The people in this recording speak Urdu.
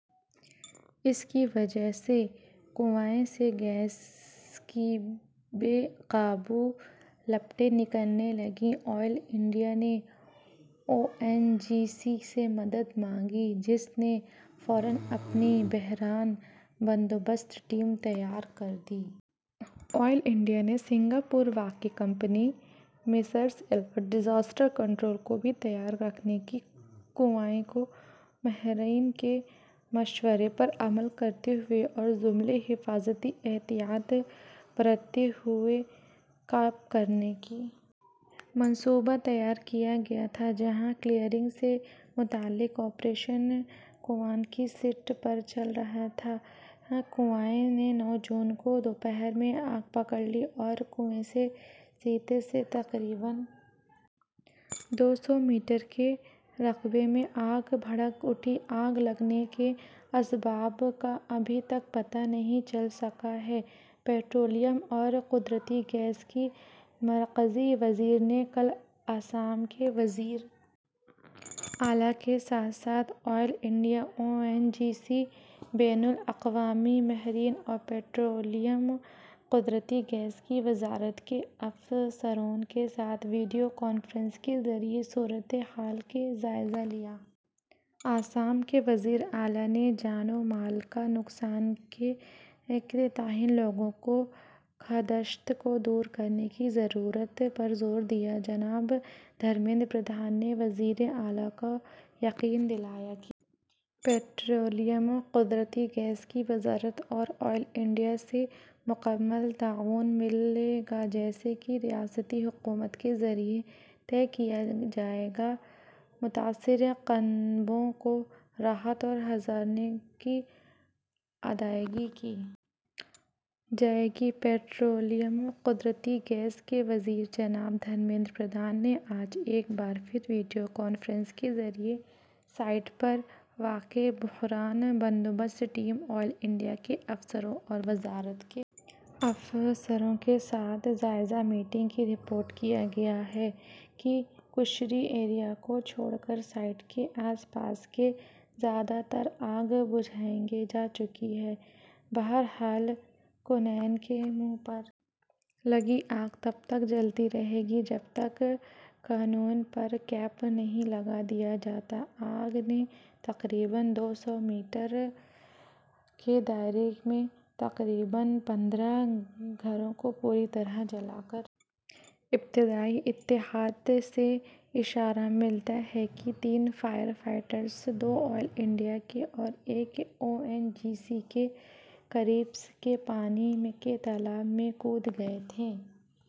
اس کی وجہ سے کنوئیں سے گیس کی بے قابو لپٹیں نکلنے لگیں آئل انڈیا نے او این جی سی سے مدد مانگی جس نے فوراً اپنی بحران بندوبست ٹیم تعینات کر دی آئل انڈیا نے سنگاپور واقع company Messrs alert disaster control کو بھی تیار رکھا اس کنوئیں کو ماہرین کے مشورے پر عمل کرتے ہوئے اور جملہ حفاظتی احتیاط برتتے ہوئے کیپ کرنے کا منصوبہ تیار کیا گیا تھا جہاں کلیئرنگ سے متعلق آپریشن کنوئیں کی سائٹ پر چل رہے تھے کنوئیں نے نو جون کو دوپہر میں آگ پکڑ لی اور کنوئیں کی سائٹ سے تقریباً دو سو میٹر کے رقبے میں آگ بھڑک اٹھی آگ لگنے کے اسباب کا ابھی تک پتہ نہیں چل سکا ہے پیٹرولیم اور قدرتی گیس کے مرکزی وزیر نے کل آسام کے وزیر اعلیٰ کے ساتھ ساتھ oil India O N G C بین الاقوامی ماہرین اور پیٹرولیم و قدرتی گیس کی وزارت کے افسروں کے ساتھ ویڈیو کانفرنسنگ کے ذریعے صورت حال کا جائزہ لیا آسام کے وزیر اعلیٰ نے جان و مال کے نقصان کے تئیں لوگوں کے خدشات کو دور کرنے کی ضرورت پر زور دیا جناب دھرمیندر پردھان نے وزیر اعلیٰ کو یقین دلایا کہ پیٹرولیم و قدرتی گیس کی وزارت اور آئل انڈیا سے مکمل تعاون ملے گا جیسا بھی ریاستی حکومت کے ذریعے طے کیا جائے گا متاثرہ کنبوں کو راحت اور ہرجانے کی ادائیگی کی جائے گی پیٹرولیم و قدرتی گیس کے وزیر جناب دھرمیندر پردھان نے آج ایک بار پھر ویڈیو کانفرنسنگ کے ذریعے سائٹ پر واقع بحران بندوبست ٹیم آئل انڈیا کے افسروں اور وزارت کے افسران کے ساتھ جائزہ میٹنگ کی رپورٹ کیا گیا ہے کہ کرسی ایریا کو چھوڑ کر سائٹ کے آس پاس کی زیادہ تر آگ بجھائی جا چکی ہے بہرحال کنوئیں کے منہ پر لگی آگ تب تک جلتی رہے گی جب تک کنوئیں پر کیپ نہیں لگا دیا جاتا آگ نے تقریباً دو سو میٹر کے دائرے میں تقریباً پندرہ گھروں کو پوری طرح جلا کر ابتدائی اطلاعات سے اشارہ ملتا ہے کہ تین فائر فائٹرز دو آئل انڈیا کے اور ایک او این جی سی کے قریب کے پانی کے تالاب میں کود گئے تھے